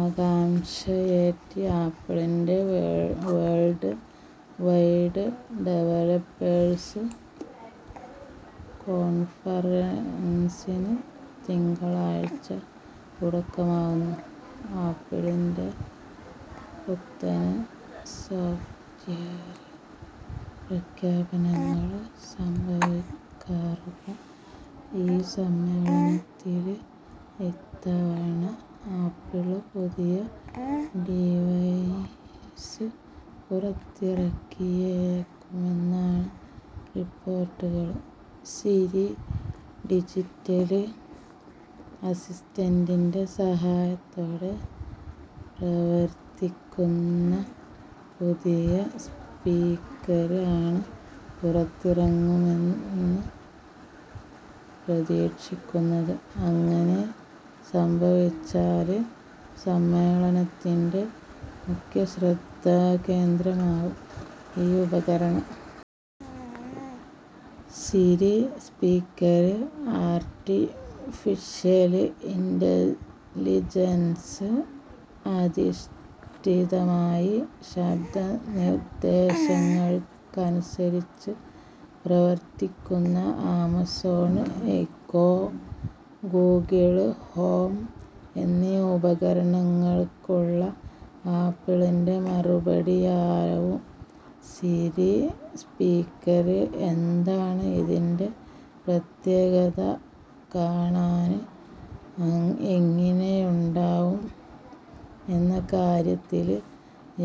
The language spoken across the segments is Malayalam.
ആകാംക്ഷയേറ്റി ആപ്പിളിന്റെ വേള്ഡ് വൈഡ് ഡെവലപ്പേഴ്സ് കോണ്ഫറന്സിന് തിങ്കളാഴ്ച്ച തുടക്കമാവുന്നു. ആപ്പിളിന്റെ പുത്തന് സോഫ്റ്റ്വേര് പ്രഖ്യാപനങ്ങള് സംഭവിക്കാറുള്ള ഈ സമ്മേളനത്തില് ഇത്തവണ ആപ്പിള് പുതിയ ഡിവൈസ് പുറത്തിറക്കിയേക്കുമെന്നാണ് റിപ്പോര്ട്ടുകള്. സിരി ഡിജിറ്റല് അസിസ്റ്റന്റിന്റെ സഹായത്തോടെ പ്രവര്ത്തിക്കുന്ന പുതിയ സ്പീക്കര് ആണ് പുറത്തിറങ്ങുമെന്ന് പ്രതീക്ഷിക്കുന്നത്. അങ്ങനെ സംഭവിച്ചാല് സമ്മേളനത്തിന്റെ മുഖ്യശ്രദ്ധാകേന്ദ്രമാവും ഈ ഉപകരണം. സിരി സ്പീക്കര് ആര്ട്ടിഫിഷ്യല് ഇന്റലിജന്സ് അധിഷ്ഠിതമായി ശബ്ദ നിര്ദ്ദേശങ്ങള്ക്കനുസരിച്ച് പ്രവര്ത്തിക്കുന്ന ആമസോണ് എക്കോ, ഗൂഗിള് ഹോം എന്നീ ഉപകരണങ്ങള്ക്കുള്ള ആപ്പിളിന്റെ മറുപടിയാവും സിരി സ്പീക്കര്. എന്താണ് ഇതിന്റെ പ്രത്യേകത, കാണാന് എങ്ങിനെയുണ്ടാവും എന്ന കാര്യത്തില്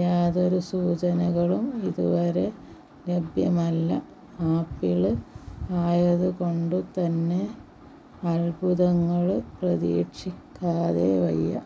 യാതൊരു സൂചനകളും ഇതുവരെ ലഭ്യമല്ല. ആപ്പിള് ആയതുകൊണ്ടുതന്നെ അത്ഭുതങ്ങള് പ്രതീക്ഷിക്കാതെ വയ്യ.